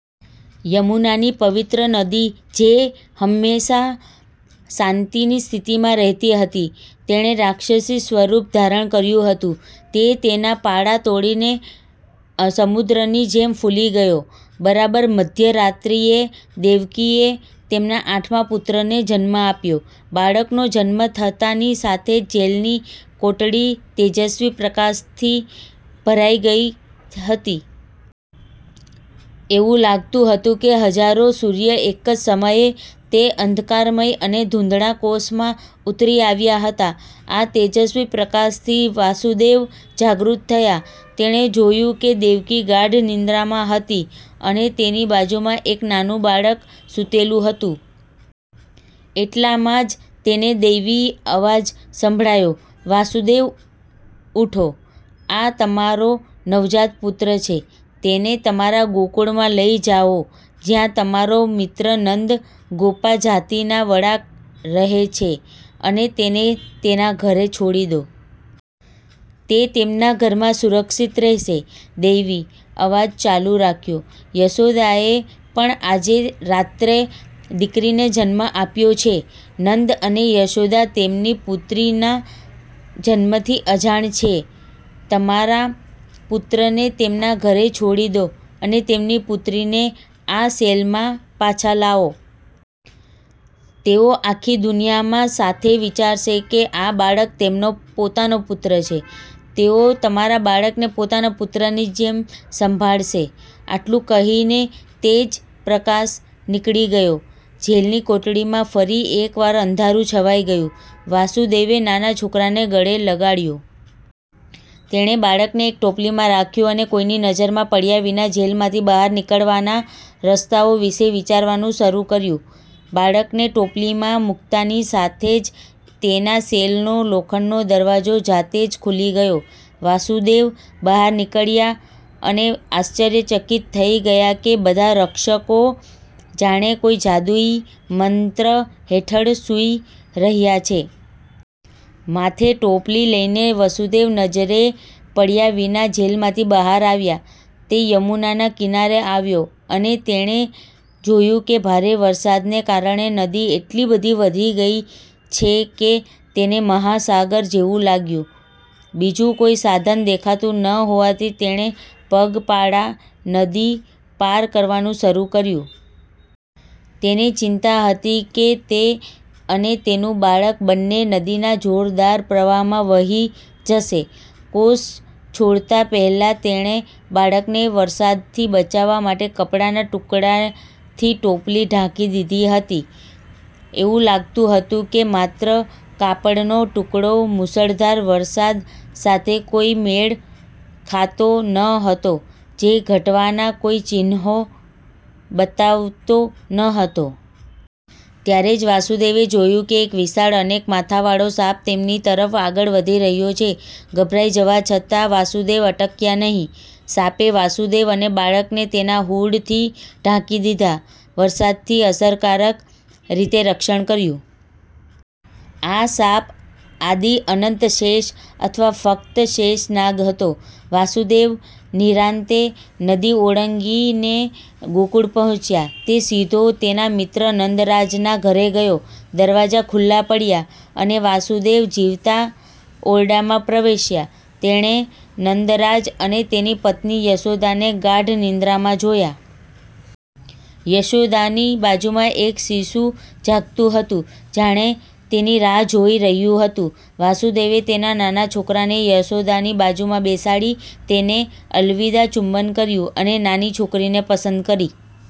યમુનાની પવિત્ર નદી, જે હંમેશા શાંતિની સ્થિતિમાં રહેતી હતી, તેણે રાક્ષસી સ્વરૂપ ધારણ કર્યું હતું. તે તેના પાળા તોડીને સમુદ્રની જેમ ફૂલી ગયો. બરાબર મધ્યરાત્રિએ, દેવકીએ તેના આઠમા પુત્રને જન્મ આપ્યો. બાળકનો જન્મ થતાંની સાથે જ જેલની કોટડી તેજસ્વી પ્રકાશથી ભરાઈ ગઈ હતી. એવું લાગતું હતું કે હજારો સૂર્ય એક જ સમયે, તે અંધકારમય અને ધૂંધળા કોષમાં ઉતરી આવ્યા હતા. આ તેજસ્વી પ્રકાશથી વાસુદેવ જાગૃત થયા. તેણે જોયું કે દેવકી ગાઢ નિંદ્રામાં હતી અને તેની બાજુમાં એક નાનું બાળક સૂતેલું હતું. એટલામાં જ તેને દૈવી અવાજ સંભળાયો, વાસુદેવ, ઉઠો. આ તમારો નવજાત પુત્ર છે. તેને તમારા ગોકુળમાં લઈ જાઓ જ્યાં તમારો મિત્ર નંદ, ગોપા જાતિના વડા રહે છે, અને તેને તેના ઘરે છોડી દો. તે તેમના ઘરમાં સુરક્ષિત રહેશે. દૈવી અવાજ ચાલુ રાખ્યો, યશોદાએ પણ આજે રાત્રે દીકરીને જન્મ આપ્યો છે. નંદ અને યશોદા તેમની પુત્રીના જન્મથી અજાણ છે. તમારા પુત્રને તેમના ઘરે છોડી દો અને તેમની પુત્રીને આ સેલમાં પાછા લાવો. તેઓ આખી દુનિયા સાથે વિચારશે કે આ બાળક તેમનો પોતાનો પુત્ર છે. તેઓ તમારા બાળકને પોતાના પુત્રની જેમ સંભાળશે. આટલું કહીને તેજ પ્રકાશ નીકળી ગયો. જેલની કોટડીમાં ફરી એકવાર અંધારું છવાઈ ગયું. વાસુદેવે નાના છોકરાને ગળે લગાડ્યો. તેણે બાળકને એક ટોપલીમાં રાખ્યું અને કોઈની નજરમાં પડ્યા વિના જેલમાંથી બહાર નીકળવાના રસ્તાઓ વિશે વિચારવાનું શરૂ કર્યું. બાળકને ટોપલીમાં મૂકતાની સાથે જ તેના સેલનો લોખંડનો દરવાજો જાતે જ ખુલી ગયો. વાસુદેવ બહાર નીકળ્યા અને આશ્ચર્યચકિત થઈ ગયા કે બધા રક્ષકો જાણે કોઈ જાદુઈ મંત્ર હેઠળ સૂઈ રહ્યા છે. માથે ટોપલી લઈને વસુદેવ નજરે પડ્યા વિના જેલમાંથી બહાર આવ્યા. તે યમુનાના કિનારે આવ્યો અને તેણે જોયું કે ભારે વરસાદને કારણે નદી એટલી બધી વધી ગઈ છે કે તેને મહાસાગર જેવું લાગ્યું. બીજું કોઈ સાધન દેખાતું ન હોવાથી તેણે પગપાળા નદી પાર કરવાનું શરૂ કર્યું. તેને ચિંતા હતી કે તે અને તેનું બાળક બંને નદીના જોરદાર પ્રવાહમાં વહી જશે. કોષ છોડતા પહેલા તેણે બાળકને વરસાદથી બચાવવા માટે કપડાના ટુકડાથી ટોપલી ઢાંકી દીધી હતી. એવું લાગતું હતું કે માત્ર કાપડનો ટુકડો મુશળધાર વરસાદ સાથે કોઈ મેળ ખાતો ન હતો જે ઘટવાના કોઈ ચિહ્નો બતાવતો ન હતો. ત્યારે જ, વાસુદેવે જોયું કે એક વિશાળ, અનેક માથાવાળો સાપ તેમની તરફ આગળ વધી રહ્યો છે. ગભરાઈ જવા છતાં વાસુદેવ અટક્યા નહિ. સાપે વાસુદેવ અને બાળકને તેના હૂડથી ઢાંકી દીધા, વરસાદથી અસરકારક રીતે રક્ષણ કર્યું. આ સાપ આદિ-અનંત શેષ અથવા ફક્ત શેષ નાગ હતો.. વાસુદેવ નિરાંતે નદી ઓળંગીને ગોકુળ પહોંચ્યા. તે સીધો તેના મિત્ર નંદરાજના ઘરે ગયો. દરવાજા ખુલ્લા પડ્યા અને વાસુદેવ જીવતા ઓરડામાં પ્રવેશ્યા. તેણે નંદરાજ અને તેની પત્ની યશોદાને ગાઢ નિંદ્રામાં જોયા. યશોદાની બાજુમાં એક શિશુ જાગતું હતું, જાણે તેની રાહ જોઈ રહ્યું હતું. વાસુદેવે તેના નાના છોકરાને યશોદાની બાજુમાં બેસાડી, તેને અલવિદા ચુંબન કર્યું અને નાની છોકરીને પસંદ કરી.